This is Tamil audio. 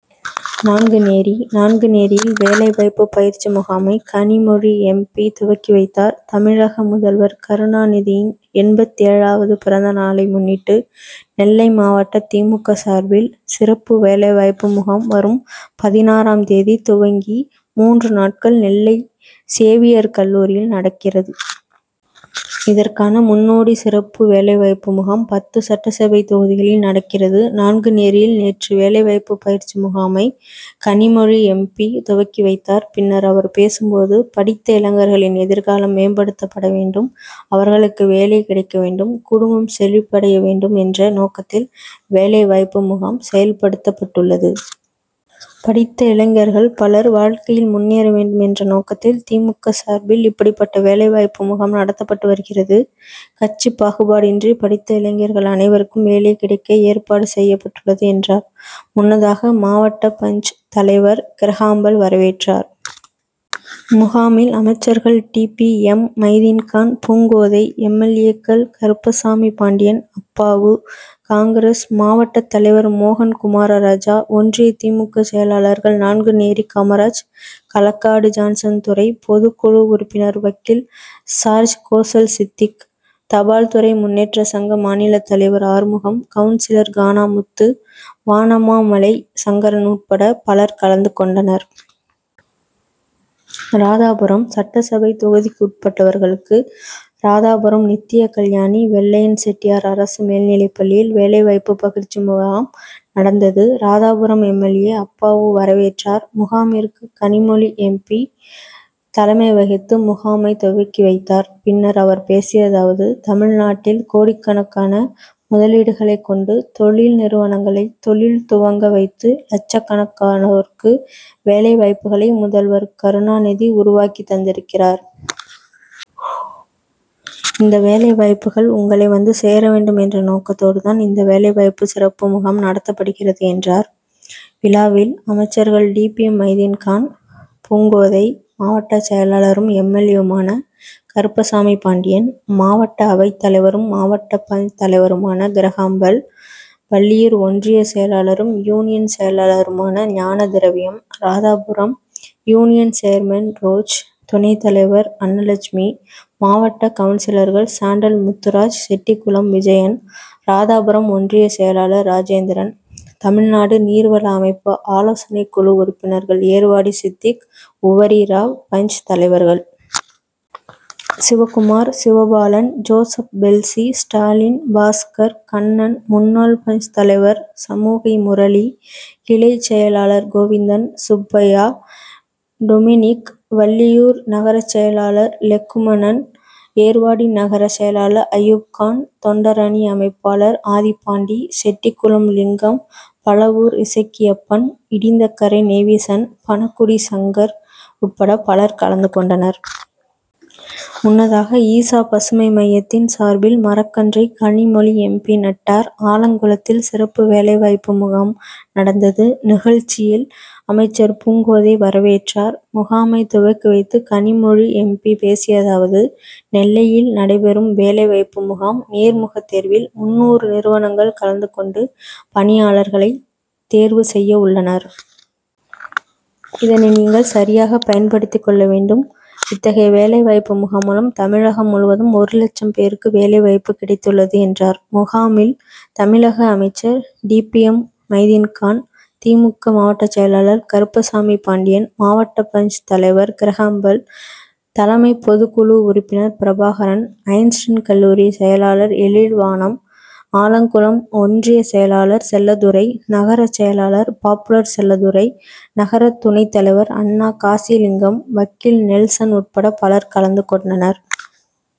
நான்குநேரி நான்குநேரியில் வேலைவாய்ப்பு பயிற்சி முகாமை கனிமொழி எம். பி., துவக்கி வைத்தார். தமிழக முதல்வர் கருணாநிதியின் எண்பத்தேழாவது பிறந்தநாளை முன்னிட்டு நெல்லை மாவட்ட திமுக சார்பில் சிறப்பு வேலைவாய்ப்பு முகாம் வரும் பதினாறாம் தேதி துவங்கி மூன்று நாட்கள் நெல்லை சேவியர் கல்லூரியில் நடக்கிறத். இதற்கான முன்னோடி சிறப்பு வேலைவாய்ப்பு முகாம் பத்து சட்டசபை தொகுதிகளில் நடக்கிறது. நான்குநேரியில் நேற்று வேலைவாய்ப்பு பயிற்சி முகாமை கனிமொழி எம். பி. துவக்கி வைத்தார். பின்னர் அவர் பேசும்போது, படித்த இளைஞர்களின் எதிர்காலம் மேம்படுத்தப்பட வேண்டும். அவர்களுக்கு வேலை கிடைக்க வேண்டும். குடும்பம் செழிப்படைய வேண்டும் என்ற நோக்கத்தில் வேலைவாய்ப்பு முகாம் செயல்படுத்தப்பட்டுள்ளது. படித்த இளைஞர்கள் பலர் வாழ்க்கையில் முன்னேற வேண்டும் என்ற நோக்கத்தில் தி. மு. க. சார்பில் இப்படிபட்ட வேலைவாய்ப்பு முகாம் நடத்தப்பட்டு வருகிறது. கட்சி பாகுபாடின்றி படித்த இளைஞர்கள் அனைவருக்கும் வேலை கிடைக்க ஏற்பாடு செய்யப்பட்டுள்ளது என்றார். முன்னதாக மாவட்ட பஞ்., தலைவர் கிரகாம்பெல் வரவேற்றார். முகாமில் அமைச்சர்கள் T. P. M. Maideenkhan, Poongothai, M. L. A. கள் கருப்பசாமிபாண்டியன், அப்பாவு, காங்., மாவட்ட தலைவர் மோகன்குமாரராஜா, ஒன்றிய திமுக செயலாளர்கள் நான்குநேரி காமராஜ், களக்காடு ஜான்சன்துரை, பொதுக்குழு உறுப்பினர் வக்கீல் சார்ஜ்கோசல், சித்திக், தபால்துறை முன்னேற்ற சங்க மாநில தலைவர் ஆறுமுகம், கவுன்சிலர் கானாமுத்து, வானமாமலை சங்கரன் உட்பட பலர் கலந்து கொண்டர். ராதாபுரம் சட்டசபை தொகுதிக்குட்பட்டவர்களுக்கு ராதாபுரம் நித்யகல்யாணி வெள்ளையன் செட்டியார் அரசு மேல்நிலைப் பள்ளியில் வேலைவாய்ப்பு பயிற்சி முகாம் நடந்தது. Radhapuram M. L. A., Appavu வரவேற்றார். முகாமிற்கு கனிமொழி எம். பி., தலைமை வகித்து முகாமை துவக்கி வைத்தார். பின்னர் அவர் பேசியதாவது தமிழ்நாட்டில் கோடிக்கணக்கான முதலீடுகளை கொண்டு தொழில் நிறுவனங்களை தொழில் துவங்க வைத்து லட்சக்கணக்கனோருக்கு வேலைவாய்ப்புகளை முதல்வர் கருணாநிதி உருவாக்கி தந்திருக்கிறார். இந்த வேலை வாய்ப்புகள் உங்களை வந்து சேர வேண்டும் என்ற நோக்கத்தோடு தான் இந்த வேலைவாய்ப்பு சிறப்பு முகாம் நடத்தப்படுகிறது என்றார். விழாவில் அமைச்சர்கள் டிபிஎம் மைதீன்கான், பூங்கோதை, மாவட்ட செயலாளரும் எம். எல். ஏ.,வுமான கருப்பசாமிபாண்டியன், மாவட்ட அவைத்தலைவரும் மாவட்ட பஞ்.,தலைவருமான கிரகாம்பெல், வள்ளியூர் ஒன்றிய செயலாளரும் யூனியன் செயலாளருமான Gnanathiraviyam, Radhapuram union chairman roach, துணைத் தலைவர் அன்னலட்சுமி, மாவட்ட கவுன்சிலர்கள் சாண்டல் முத்துராஜ், செட்டிகுளம் விஜயன், ராதாபுரம் ஒன்றிய செயலாளர் ராஜேந்திரன், தமிழ்நாடு நீர்வள அமைப்பு ஆலோசனைக்குழு உறுப்பினர்கள் ஏர்வாடி சித்திக், உவரி ராய், பஞ்.,தலைவர்கள் சிவகுமார், சிவபாலன், ஜோசப்பெல்ஸி, ஸ்டாலின், பாஸ்கர், கண்ணன், முன்னாள் பஞ்.,தலைவர் சமூகை முரளி, கிளை செயலாளர் கோவிந்தன், சுப்பையா, டொமினிக், வள்ளியூர் நகர செயலாளர் லெக்குமணன், ஏர்வாடி நகர செயலாளர் அயூப்கான், தொண்டரணி அமைப்பாளர் ஆதிபாண்டி, செட்டிகுளம் லிங்கம், பழவூர் இசக்கியப்பன், இடிந்தகரை நேவிசன், பணகுடி சங்கர் உட்பட பலர் கலந்து கொண்டனர். முன்னதாக ஈசா பசுமை மையத்தின் சார்பில் மரக்கன்றை கனிமொழி எம். பி., நட்டார். ஆலங்குளத்தில் சிறப்பு வேலைவாய்ப்பு பயிற்சி முகாம் நடந்தது. நிகழ்ச்சியில் அமைச்சர் பூங்கோதை வரவேற்றார். முகாமை துவக்கி வைத்து கனிமொழி எம். பி. பேசியதாவது நெல்லையில் நடைபெறும் வேலை வாய்ப்பு முகாம் நேர்முக தேர்வில் முந்நூறு நிறுவனங்கள் கலந்து கொண்டு பணியாளர்களை தேர்வு செய்யவுள்ளனர். இதனை நீங்கள் சரியாக பயன்படுத்திக் கொள்ள வேண்டும். இத்தகைய வேலைவாய்பு முகாம் மூலம் தமிழகம் முழுவதும் ஒரு லட்சம் பேருக்கு வேலைவாய்ப்பு கிடைத்துள்ளது என்றார். முகாமில் தமிழக அமைச்சர் T. P. M. Maideenkhan, DMK மாவட்ட செயலாளர் கருப்பசாமிபாண்டியன், மாவட்ட பஞ்., தலைவர் கிரகாம்பெல், தலைமை பொதுக்குழு உறுப்பினர் பிரபாகரன், ஐன்ஸ்டின் கல்லூரி செயலாளர் எழில்வானம், ஆலங்குளம் ஒன்றிய செயலாளர் செல்லத்துரை, நகர செயலாளர் பாப்புலர் செல்லத்துரை, நகர துணைத் தலைவர் அண்ணா காசிலிங்கம், வக்கீல் நெல்சன் உட்பட பலர் கலந்து கொண்டனர்.